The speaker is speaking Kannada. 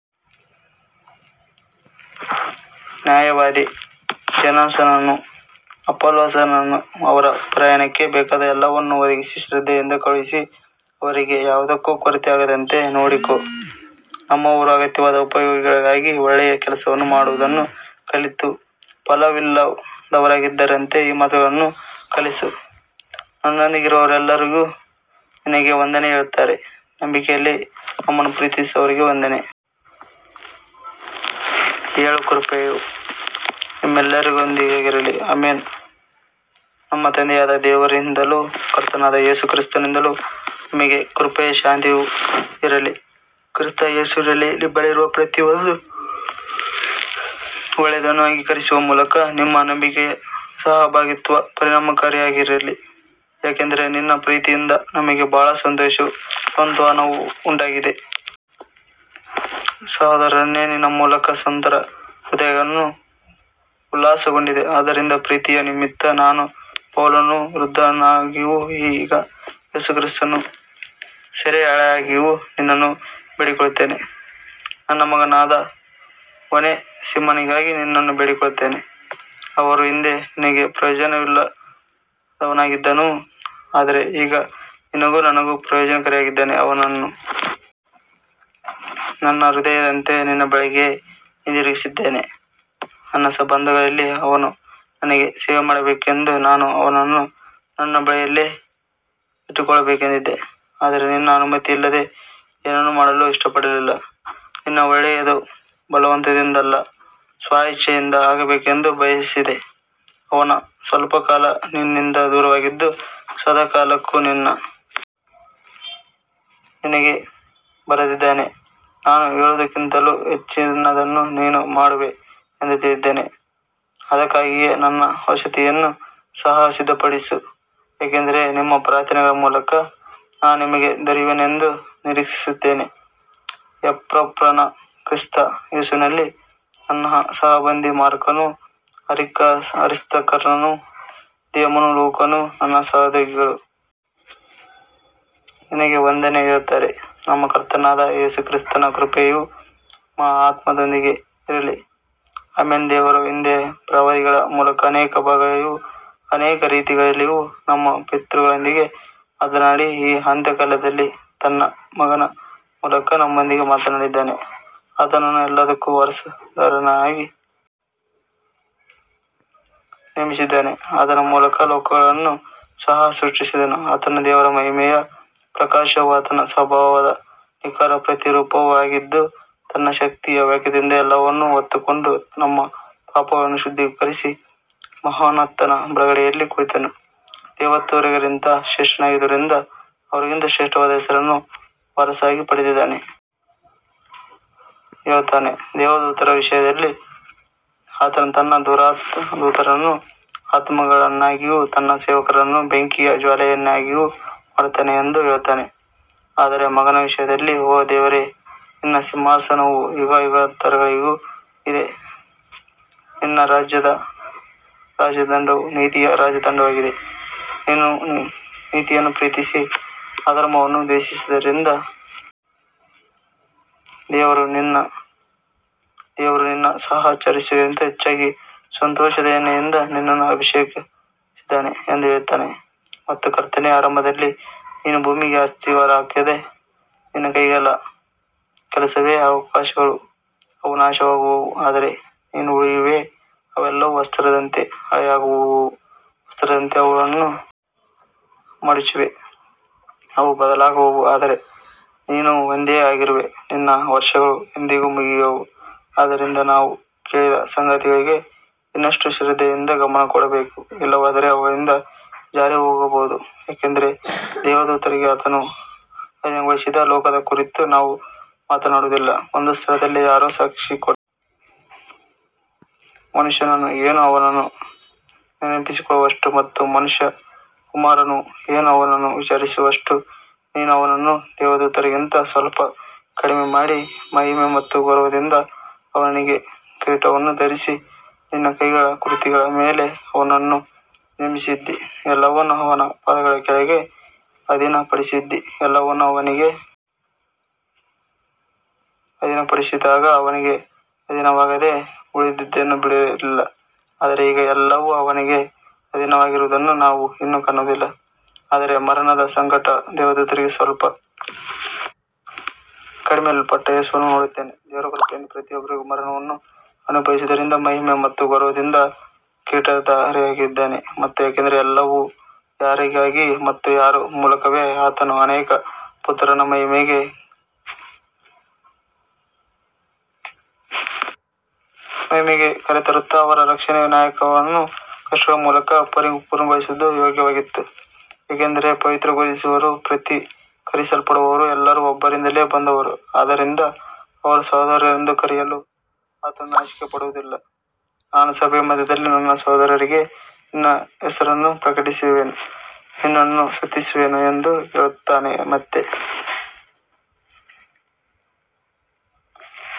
ನ್ಯಾಯವಾದಿ ಝೇನಾಸನನ್ನೂ ಅಪೊಲ್ಲೋಸನನ್ನೂ ಅವರ ಪ್ರಯಾಣಕ್ಕೆ ಬೇಕಾದ ಎಲ್ಲವನ್ನೂ ಒದಗಿಸಿ ಶ್ರದ್ಧೆಯಿಂದ ಕಳುಹಿಸು ಅವರಿಗೆ ಯಾವುದೂ ಕೊರತೆಯಾಗದಂತೆ ನೋಡಿಕೋ ನಮ್ಮವರೂ ಅಗತ್ಯವಾದ ಉಪಯೋಗಗಳಿಗಾಗಿ ಒಳ್ಳೆಯ ಕೆಲಸಗಳನ್ನು ಮಾಡುವುದನ್ನು ಕಲಿತು ಫಲವಿಲ್ಲದವರಾಗಿರದಂತೆ ಈ ಮಾತುಗಳನ್ನು ಕಲಿಸು ನನ್ನೊಂದಿಗಿರುವವರೆಲ್ಲರೂ ನಿನಗೆ ವಂದನೆ ಹೇಳುತ್ತಾರೆ ನಂಬಿಕೆಯಲ್ಲಿ ನಮ್ಮನ್ನು ಪ್ರೀತಿಸುವವರಿಗೆ ವಂದನೆ ಹೇಳು ಕೃಪೆಯು ನಿಮ್ಮೆಲ್ಲರೊಂದಿಗಿರಲಿ ಆಮೆನ್ ನಮ್ಮ ತಂದೆಯಾದ ದೇವರಿಂದಲೂ ಕರ್ತನಾದ ಯೇಸು ಕ್ರಿಸ್ತನಿಂದಲೂ ನಿಮಗೆ ಕೃಪೆಯೂ ಶಾಂತಿಯೂ ಇರಲಿ ಕ್ರಿಸ್ತ ಯೇಸುವಿನಲ್ಲಿ ನಿಮ್ಮಲ್ಲಿರುವ ಪ್ರತಿಯೊಂದು ಒಳ್ಳೆಯದನ್ನು ಅಂಗೀಕರಿಸುವ ಮೂಲಕ ನಿಮ್ಮ ನಂಬಿಕೆಯ ಸಹಭಾಗಿತ್ವವು ಪರಿಣಾಮಕಾರಿಯಾಗಲಿ ಯಾಕಂದರೆ ನಿನ್ನ ಪ್ರೀತಿಯಿಂದ ನಮಗೆ ಬಹಳ ಸಂತೋಷವೂ ಸಾಂತ್ವನವೂ ಉಂಟಾಗಿದೆ ಸಹೋದರನೇ ನಿನ್ನ ಮೂಲಕ ಸಂತರ ಹೃದಯಗಳು ಉಲ್ಲಾಸಗೊಂಡಿವೆ ಆದ್ದರಿಂದ ಪ್ರೀತಿಯ ನಿಮಿತ್ತ ನಾನು ಪೌಲನು ವೃದ್ಧನಾಗಿಯೂ ಈಗ ಯೇಸು ಕ್ರಿಸ್ತನ ಸೆರೆಯಾಳಾಗಿಯೂ ನಿನ್ನನ್ನು ಬೇಡಿಕೊಳ್ಳುತ್ತೇನೆ ನನ್ನ ಮಗನಾದ ಒನೇಸಿಮನಿಗಾಗಿ ನಿನ್ನನ್ನು ಬೇಡಿಕೊಳ್ಳುತ್ತೇನೆ ಅವನು ಹಿಂದೆ ನಿನಗೆ ಪ್ರಯೋಜನವಿಲ್ಲದವನಾಗಿದ್ದನು ಆದರೆ ಈಗ ನಿನಗೂ ನನಗೂ ಪ್ರಯೋಜನಕಾರಿಯಾಗಿದ್ದಾನೆ ಅವನನ್ನು ನನ್ನ ಹೃದಯದಂತೆ ನಿನ್ನ ಬಳಿಗೆ ಹಿಂದಿರುಗಿಸುತ್ತಿದ್ದೇನೆ ನನ್ನ ಬಂಧಗಳಲ್ಲಿ ಅವನು ನನಗೆ ಸೇವೆಮಾಡಬೇಕೆಂದು ನಾನು ಅವನನ್ನು ನನ್ನ ಬಳಿಯಲ್ಲೇ ಇಟ್ಟುಕೊಳ್ಳಬೇಕೆಂದಿದ್ದೆ ಆದರೆ ನಿನ್ನ ಅನುಮತಿಯಿಲ್ಲದೆ ಏನನ್ನೂ ಮಾಡಲು ಇಷ್ಟಪಡಲಿಲ್ಲ ನಿನ್ನ ಒಳ್ಳೆಯದು ಬಲವಂತದಿಂದಲ್ಲ ಸ್ವಇಚ್ಛೆಯಿಂದ ಆಗಬೇಕೆಂದು ಬಯಸಿದೆ ಅವನು ಸ್ವಲ್ಪಕಾಲ ನಿನ್ನಿಂದ ದೂರವಾಗಿದ್ದು ಸದಾಕಾಲಕ್ಕೂ ನಿನ್ನ ನಿನಗೆ ಬರೆದಿದ್ದೇನೆ ನಾನು ಹೇಳುವುದಕ್ಕಿಂತಲೂ ಹೆಚ್ಚಿನದನ್ನು ನೀನು ಮಾಡುವೆ ಎಂದು ತಿಳಿದಿದ್ದೇನೆ ಅದಕ್ಕಾಗಿಯೇ ನನ್ನ ವಸತಿಯನ್ನು ಸಹ ಸಿದ್ಧಪಡಿಸು ಯಾಕಂದರೆ ನಿಮ್ಮ ಪ್ರಾರ್ಥನೆಗಳ ಮೂಲಕ ನಾನು ನಿಮಗೆ ದೊರೆಯುವೆನೆಂದು ನಿರೀಕ್ಷಿಸುತ್ತೇನೆ ಎಪಫ್ರನು ಕ್ರಿಸ್ತ ಯೇಸುವಿನಲ್ಲಿ ನನ್ನ ಸಹಬಂಧಿ ಮಾರ್ಕನು ಅರಿಸ್ತಾರ್ಕನು ದೇಮನು ಲೂಕನು ನನ್ನ ಸಹೋದ್ಯೋಗಿಗಳು ನಿನಗೆ ವಂದನೆ ಹೇಳುತ್ತಾರೆ ನಮ್ಮ ಕರ್ತನಾದ ಯೇಸು ಕ್ರಿಸ್ತನ ಕೃಪೆಯು ನಿಮ್ಮ ಆತ್ಮದೊಂದಿಗೆ ಇರಲಿ ಆಮೆನ್ ದೇವರು ಹಿಂದೆ ಪ್ರವಾದಿಗಳ ಮೂಲಕ ಅನೇಕ ಭಾಗಗಳಲ್ಲಿಯೂ ಅನೇಕ ರೀತಿಗಳಲ್ಲಿಯೂ ನಮ್ಮ ಪಿತೃಗಳೊಂದಿಗೆ ಮಾತನಾಡಿ ಈ ಅಂತ್ಯಕಾಲದಲ್ಲಿ ತನ್ನ ಮಗನ ಮೂಲಕ ನಮ್ಮೊಂದಿಗೆ ಮಾತನಾಡಿದ್ದಾನೆ ಆತನನ್ನು ಎಲ್ಲಕ್ಕೂ ವಾರಸುದಾರನನ್ನಾಗಿ ನೇಮಿಸಿದ್ದಾನೆ ಆತನ ಮೂಲಕ ಲೋಕಗಳನ್ನು ಸಹ ಸೃಷ್ಟಿಸಿದನು ಆತನು ದೇವರ ಮಹಿಮೆಯ ಪ್ರಕಾಶವೂ ಆತನ ಸ್ವಭಾವದ ನಿಖರ ಪ್ರತಿರೂಪವೂ ಆಗಿದ್ದು ತನ್ನ ಶಕ್ತಿಯ ವಾಕ್ಯದಿಂದ ಎಲ್ಲವನ್ನೂ ಹೊತ್ತುಕೊಂಡು ನಮ್ಮ ಪಾಪಗಳನ್ನು ಶುದ್ಧೀಕರಿಸಿ ಮಹೋನ್ನತನ ಬಲಗಡೆಯಲ್ಲಿ ಕುಳಿತನು ದೇವದೂತರಿಗಿಂತ ಶ್ರೇಷ್ಠನಾಗಿರುವುದರಿಂದ ಅವರಿಗಿಂತ ಶ್ರೇಷ್ಠವಾದ ಹೆಸರನ್ನು ವಾರಸಾಗಿ ಪಡೆದಿದ್ದಾನೆ ಹೇಳುತ್ತಾನೆ ದೇವದೂತರ ವಿಷಯದಲ್ಲಿ ಆತನು ತನ್ನ ದೂತರನ್ನು ಆತ್ಮಗಳನ್ನಾಗಿಯೂ ತನ್ನ ಸೇವಕರನ್ನು ಬೆಂಕಿಯ ಜ್ವಾಲೆಯನ್ನಾಗಿಯೂ ಮಾಡುತ್ತಾನೆ ಎಂದು ಹೇಳುತ್ತಾನೆ ಆದರೆ ಮಗನ ವಿಷಯದಲ್ಲಿ ಓ ದೇವರೇ ನಿನ್ನ ಸಿಂಹಾಸನವು ಯುಗಯುಗಾಂತರಗಳಿಗೂ ಇದೆ ನಿನ್ನ ರಾಜ್ಯದ ರಾಜದಂಡವು ನೀತಿಯ ರಾಜದಂಡವಾಗಿದೆ ನೀನು ನೀತಿಯನ್ನು ಪ್ರೀತಿಸಿ ಅಧರ್ಮವನ್ನು ದ್ವೇಷಿಸಿದ್ದರಿಂದ ದೇವರು ನಿನ್ನ ದೇವರು ನಿನ್ನ ಸಹಚರರಿಗಿಂತ ಹೆಚ್ಚಾಗಿ ಸಂತೋಷದ ಎಣ್ಣೆಯಿಂದ ನಿನ್ನನ್ನು ಅಭಿಷೇಕಿಸಿದ್ದಾನೆ ಎಂದು ಹೇಳುತ್ತಾನೆ ಮತ್ತು ಕರ್ತನೇ ಆರಂಭದಲ್ಲಿ ನೀನು ಭೂಮಿಗೆ ಅಸ್ತಿವಾರ ಹಾಕಿದೆ ನಿನ್ನ ಕೈಗಳ ಕೆಲಸವೇ ಆಕಾಶಗಳು ಅವು ನಾಶವಾಗುವವು ಆದರೆ ನೀನು ಉಳಿಯುವೆ ಅವೆಲ್ಲವೂ ವಸ್ತ್ರದಂತೆ ಹಳೆಯವಾಗುವವು ವಸ್ತ್ರದಂತೆ ಅವುಗಳನ್ನು ಮಡಚುವೆ ಅವು ಬದಲಾಗುವವು ಆದರೆ ನೀನು ಒಂದೇ ಆಗಿರುವೆ ನಿನ್ನ ವರ್ಷಗಳು ಎಂದಿಗೂ ಮುಗಿಯವು ಆದ್ದರಿಂದ ನಾವು ಕೇಳಿದ ಸಂಗತಿಗಳಿಗೆ ಇನ್ನಷ್ಟು ಶ್ರದ್ಧೆಯಿಂದ ಗಮನಕೊಡಬೇಕು ಇಲ್ಲವಾದರೆ ಅವುಗಳಿಂದ ಜಾರಿಹೋಗಬಹುದು ಯಾಕಂದರೆ ದೇವದೂತರಿಗೆ ಆತನು ಅಧೀನಗೊಳಿಸಿದ ಲೋಕದ ಕುರಿತು ನಾವು ಮಾತನಾಡುತ್ತಿಲ್ಲ ಒಂದು ಸ್ಥಳದಲ್ಲಿ ಯಾರೋ ಸಾಕ್ಷಿಕೊಟ್ಟು ಮನುಷ್ಯನು ಏನು ಅವನನ್ನು ನೆನಪಿಸಿಕೊಳ್ಳುವಷ್ಟು ಮತ್ತು ಮನುಷ್ಯಕುಮಾರನು ಏನು ಅವನನ್ನು ವಿಚಾರಿಸುವಷ್ಟು ನೀನು ಅವನನ್ನು ದೇವದೂತರಿಗಿಂತ ಸ್ವಲ್ಪ ಕಡಿಮೆಮಾಡಿ ಮಹಿಮೆ ಮತ್ತು ಗೌರವದಿಂದ ಅವನಿಗೆ ಕಿರೀಟವನ್ನು ಧರಿಸಿ ನಿನ್ನ ಕೈಗಳ ಕೃತಿಗಳ ಮೇಲೆ ಅವನನ್ನು ನೇಮಿಸಿದ್ದೀ ಎಲ್ಲವನ್ನೂ ಅವನ ಪಾದಗಳ ಕೆಳಗೆ ಅಧೀನಪಡಿಸಿದ್ದೀ ಎಲ್ಲವನ್ನೂ ಅವನಿಗೆ ಅಧೀನಪಡಿಸಿದಾಗ ಅವನಿಗೆ ಅಧೀನವಾಗದೆ ಉಳಿದದ್ದೇನೂ ಬಿಡಲಿಲ್ಲ ಆದರೆ ಈಗ ಎಲ್ಲವೂ ಅವನಿಗೆ ಅಧೀನವಾಗಿರುವುದನ್ನು ನಾವು ಇನ್ನೂ ಕಾಣುವುದಿಲ್ಲ ಆದರೆ ಮರಣದ ಸಂಕಟಕ್ಕಾಗಿ ದೇವದೂತರಿಗಿಂತ ಸ್ವಲ್ಪ ಕಡಿಮೆಮಾಡಲ್ಪಟ್ಟ ಯೇಸುವನ್ನು ನೋಡುತ್ತೇವೆ ದೇವರ ಕೃಪೆಯಿಂದ ಪ್ರತಿಯೊಬ್ಬರಿಗಾಗಿ ಮರಣವನ್ನು ಅನುಭವಿಸಿದ್ದರಿಂದ ಮಹಿಮೆ ಮತ್ತು ಗೌರವದಿಂದ ಕಿರೀಟಧಾರಿಯಾಗಿದ್ದಾನೆ ಯಾಕಂದರೆ ಎಲ್ಲವೂ ಯಾರಿಗಾಗಿ ಮತ್ತು ಯಾರ ಮೂಲಕವೋ ಆತನು ಅನೇಕ ಪುತ್ರರನ್ನು ಮಹಿಮೆಗೆ ಕರೆತರುತ್ತಾ ಅವರ ರಕ್ಷಣೆಯ ನಾಯಕನನ್ನು ಕಷ್ಟಗಳ ಮೂಲಕ ಪರಿಪೂರ್ಣಗೊಳಿಸುವುದು ಯೋಗ್ಯವಾಗಿತ್ತು ಯಾಕಂದರೆ ಪವಿತ್ರೀಕರಿಸುವವನೂ ಪವಿತ್ರೀಕರಿಸಲ್ಪಡುವವರೂ ಎಲ್ಲರೂ ಒಬ್ಬರಿಂದಲೇ ಬಂದವರು ಆದ್ದರಿಂದ ಅವರನ್ನು ಸಹೋದರರೆಂದು ಕರೆಯಲು ಆತನು ನಾಚಿಕೆಪಡುವುದಿಲ್ಲ ನಾನು ಸಭೆಯ ಮಧ್ಯದಲ್ಲಿ ನನ್ನ ಸಹೋದರರಿಗೆ ನಿನ್ನ ಹೆಸರನ್ನು ಪ್ರಕಟಿಸುವೆನು ನಿನ್ನನ್ನು ಸ್ತುತಿಸುವೆನು ಎಂದು ಹೇಳುತ್ತಾನೆ ಮತ್ತೆ